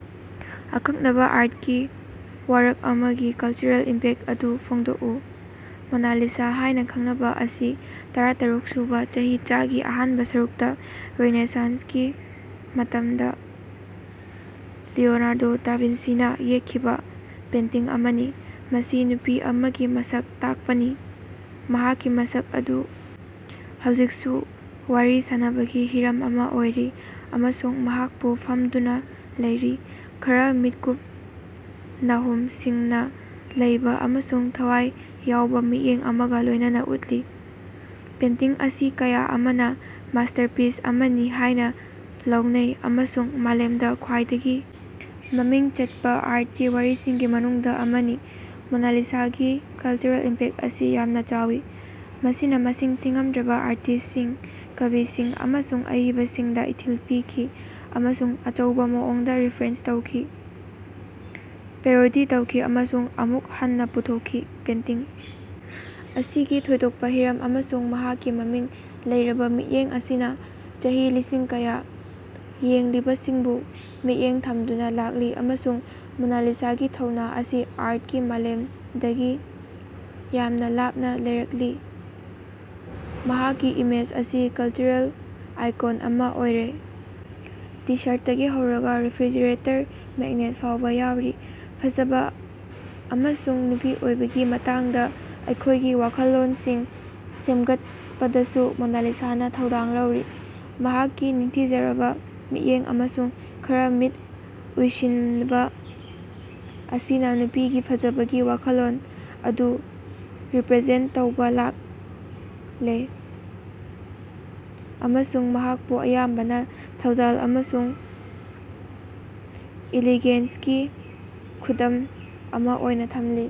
ꯑꯀꯛꯅꯕ ꯑꯥꯔꯠꯀꯤ ꯋꯥꯔꯛ ꯑꯃꯒꯤ ꯀꯂꯆꯔꯦꯜ ꯏꯝꯄꯦꯛ ꯑꯗꯨ ꯐꯣꯡꯗꯣꯛꯎ꯫ ꯃꯣꯅꯥꯂꯤꯁꯥ ꯍꯥꯏꯅ ꯈꯪꯅꯕ ꯑꯁꯤ ꯇꯔꯥꯇꯔꯨꯛꯁꯨꯕ ꯆꯍꯤꯆꯥꯒꯤ ꯑꯍꯥꯟꯕ ꯁꯔꯨꯛꯇ ꯔꯦꯅꯦꯁꯥꯟꯁꯀꯤ ꯃꯇꯝꯗ ꯂꯤꯑꯣꯅꯥꯔꯗꯣ ꯗ ꯚꯤꯟꯁꯤꯅ ꯌꯦꯛꯈꯤꯕ ꯄꯦꯟꯇꯤꯡ ꯑꯃꯅꯤ꯫ ꯃꯁꯤ ꯅꯨꯄꯤ ꯑꯃꯒꯤ ꯃꯁꯛ ꯇꯥꯛꯄꯅꯤ, ꯃꯍꯥꯛꯀꯤ ꯃꯁꯛ ꯑꯗꯨ ꯍꯧꯖꯤꯛꯁꯨ ꯋꯥꯔꯤ ꯁꯥꯅꯕꯒꯤ ꯍꯤꯔꯝ ꯑꯃ ꯑꯣꯏꯔꯤ ꯑꯃꯁꯨꯡ ꯃꯍꯥꯛꯄꯨ ꯐꯝꯗꯨꯅ ꯂꯩꯔꯤ, ꯈꯔ ꯃꯤꯠꯀꯨꯞ ꯅꯥꯍꯨꯝ ꯁꯤꯡꯅ ꯂꯩꯕ ꯑꯃꯁꯨꯡ ꯊꯋꯥꯏ ꯌꯥꯎꯕ ꯃꯤꯠꯌꯦꯡ ꯑꯃꯒ ꯂꯣꯏꯅꯅ ꯎꯠꯂꯤ꯫ ꯄꯦꯟꯇꯤꯡ ꯑꯁꯤ ꯀꯌꯥ ꯑꯃꯅ ꯃꯥꯁꯇꯔꯄꯤꯁ ꯑꯃꯅꯤ ꯍꯥꯏꯅ ꯂꯧꯅꯩ ꯑꯃꯁꯨꯡ ꯃꯥꯂꯦꯝꯗ ꯈ꯭ꯋꯥꯏꯗꯒꯤ ꯃꯃꯤꯡ ꯆꯠꯄ ꯑꯥꯔꯠꯀꯤ ꯋꯥꯔꯤꯁꯤꯡꯒꯤ ꯃꯅꯨꯡꯗ ꯑꯃꯅꯤ꯫ ꯃꯣꯅꯥꯂꯤꯁꯥꯒꯤ ꯀꯜꯆꯔꯦꯜ ꯏꯝꯄꯦꯛ ꯑꯁꯤ ꯌꯥꯝꯅ ꯆꯥꯎꯏ꯫ ꯃꯁꯤꯅ ꯃꯁꯤꯡ ꯊꯤꯉꯝꯗ꯭ꯔꯕ ꯑꯥꯔꯇꯤꯁꯁꯤꯡ, ꯀꯕꯤꯁꯤꯡ ꯑꯃꯁꯨꯡ ꯑꯏꯕꯁꯤꯡꯗ ꯏꯊꯤꯜ ꯄꯤꯈꯤ ꯑꯃꯁꯨꯡ ꯑꯆꯧꯕ ꯃꯑꯣꯡꯗ ꯔꯦꯐꯔꯦꯟꯁ ꯇꯧꯈꯤ, ꯄꯦꯔꯣꯗꯤ ꯇꯧꯈꯤ ꯑꯃꯁꯨꯡ ꯑꯃꯨꯛ ꯍꯟꯅ ꯄꯨꯊꯣꯛꯈꯤ꯫ ꯄꯦꯟꯇꯤꯡ ꯑꯁꯤꯒꯤ ꯊꯣꯏꯗꯣꯛꯄ ꯍꯤꯔꯝ ꯑꯃꯁꯨꯡ ꯃꯍꯥꯛꯀꯤ ꯃꯃꯤꯡ ꯂꯩꯔꯕ ꯃꯤꯠꯌꯦꯡ ꯑꯁꯤꯅ ꯆꯍꯤ ꯂꯤꯁꯤꯡ ꯀꯌꯥ ꯌꯦꯡꯂꯤꯕꯁꯤꯡꯕꯨ ꯃꯤꯠꯌꯦꯡ ꯊꯝꯗꯨꯅ ꯂꯥꯛꯂꯤ ꯑꯃꯁꯨꯡ ꯃꯣꯅꯥꯂꯤꯁꯥꯒꯤ ꯊꯧꯅꯥ ꯑꯁꯤ ꯑꯥꯔꯠꯀꯤ ꯃꯥꯂꯦꯝꯗꯒꯤ ꯌꯥꯝꯅ ꯂꯥꯞꯅ ꯂꯩꯔꯛꯂꯤ꯫ ꯃꯍꯥꯛꯀꯤ ꯏꯃꯦꯖ ꯑꯁꯤ ꯀꯜꯆꯔꯦꯜ ꯑꯥꯏꯀꯣꯟ ꯑꯃ ꯑꯣꯏꯔꯦ, ꯇꯤ-ꯁꯥꯔꯇꯇꯒꯤ ꯍꯧꯔꯒ ꯔꯦꯐ꯭ꯔꯤꯖꯔꯦꯇꯔ ꯃꯦꯒꯅꯦꯠ ꯐꯥꯎꯕ ꯌꯥꯎꯔꯤ꯫ ꯐꯖꯕ ꯑꯃꯁꯨꯡ ꯅꯨꯄꯤ ꯑꯣꯏꯕꯒꯤ ꯃꯇꯥꯡꯗ ꯑꯩꯈꯣꯏꯒꯤ ꯋꯥꯈꯜꯂꯣꯟꯁꯤꯡ ꯁꯦꯝꯒꯠꯄꯗꯁꯨ ꯃꯣꯅꯥꯂꯤꯁꯥꯅ ꯊꯧꯗꯥꯡ ꯂꯧꯔꯤ꯫ ꯃꯍꯥꯛꯀꯤ ꯅꯤꯡꯊꯤꯖꯔꯕ ꯃꯤꯠꯌꯦꯡ ꯑꯃꯁꯨꯡ ꯈꯔ ꯃꯤꯠ ꯎꯏꯁꯤꯟꯕ ꯑꯁꯤꯅ ꯅꯨꯄꯤꯒꯤ ꯐꯖꯕꯒꯤ ꯋꯥꯈꯜꯂꯣꯟ ꯑꯗꯨ ꯔꯤꯄ꯭ꯔꯖꯦꯟ ꯇꯧꯕ ꯂꯥꯛꯂꯦ ꯑꯃꯁꯨꯡ ꯃꯍꯥꯛꯄꯨ ꯑꯌꯥꯝꯕꯅ ꯊꯧꯖꯥꯜ ꯑꯃꯁꯨꯡ ꯏꯂꯤꯒꯦꯟꯁꯀꯤ ꯈꯨꯗꯝ ꯑꯃ ꯑꯣꯏꯅ ꯊꯝꯂꯤ꯫